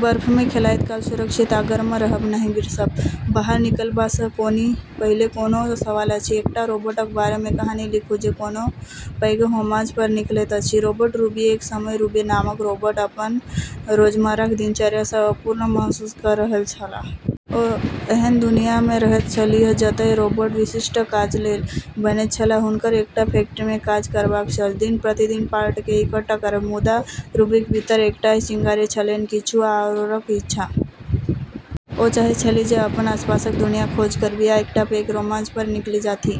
बर्फ मे खेलाइत काल सुरक्षित आ गर्म रहब नहि बिसरब। बाहर निकलबा सँ पहिने कोनो सवाल अछि? एकटा रोबोटक बारे मे कहानी लिखू जे कोनो पैघ रोमांच पर निकलैत अछि। रोबोट रूबी: एक समय रूबी नामक रोबोट अपन रोजमर्राक दिनचर्या सँ अपूर्ण महसूस कऽ रहल छलाह। ओ एहन दुनिया मे रहैत छलीह जतय रोबोट विशिष्ट काज लेल बनैत छल आ हुनकर एकटा फैक्ट्री मे काज करबाक छल, दिन-प्रतिदिन पार्ट केँ इकट्ठा करब। मुदा रूबीक भीतर एकटा चिंगारी छलैन, किछु आओरक इच्छा। ओ चाहैत छलीह जे अपन आसपासक दुनियाक खोज करथि आ एकटा पैघ रोमांच पर निकलि जाथि।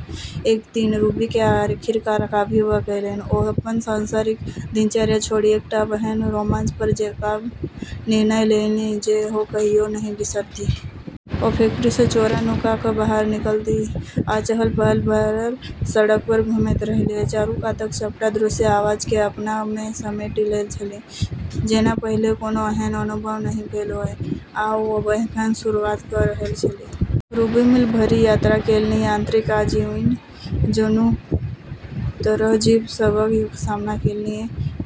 एक दिन रूबी केँ आखिरकार काफी भऽ गेलैन। ओ अपन सांसारिक दिनचर्या छोड़ि एकटा एहन रोमांच पर जेबाक निर्णय लेलनि जे ओ कहियो नहि बिसरतीह। ओ फैक्ट्री सँ चोरा-नुका कऽ बाहर निकललीह आ चहल-पहल भरल सड़क पर घुमैत रहलीह, चारू कातक सभटा दृश्य आ आवाज केँ अपना मे समेटि लैत छलीह। जेना पहिने कोनो एहन अनुभव नहि भेल होअए आ ओ एखन शुरुआत कऽ रहल छलीह। रूबी मील भरि यात्रा केलनि, यांत्रिक आ जैविक दुनू तरहक जीव सभक सामना केलनि।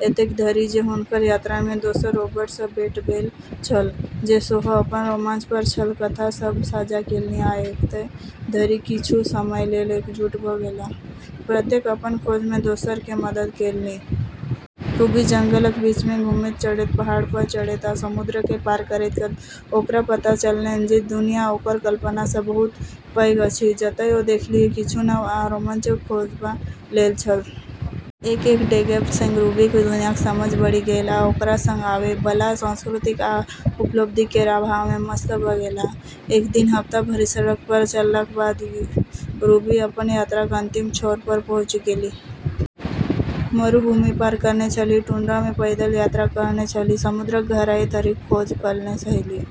एतेक धरि जे हुनकर यात्रा मे दोसर रोबोट सँ भेंट भेल छल, जे सेहो अपन रोमांच पर छल। कथा सभ साझा केलनि आ एतय धरि कि किछु समय लेल एकजुट भऽ गेलाह, प्रत्येक अपन खोज मे दोसर केँ मदद केलनि। रूबी जंगलक बीच मे घुमैत-चढ़ैत, पहाड़ पर चढ़ैत आ समुद्र केँ पार करैत-करैत ओकरा पता चललैन जे दुनिया ओकर कल्पना सँ बहुत पैघ अछि। जतय ओ देखलीह, किछु नव आ रोमांचक खोजबा लेल छल। एक-एक डेगक सँग रूबीक दुनियाक समझ बढ़ि गेलैन आ ओकरा सँग आवै बला स्वतंत्रता आ उपलब्धि केर भाव मे मस्त भऽ गेलाह। एक दिन हफ्ता भरि सड़क पर चललाक बाद रूबी अपन यात्राक अंतिम छोर पर पहुँचि गेलीह। मरुभूमि पार कएने छलीह, टुंड्रा मे पैदल यात्रा कएने छलीह, समुद्रक गहराई धरिक खोज कएने छलीह।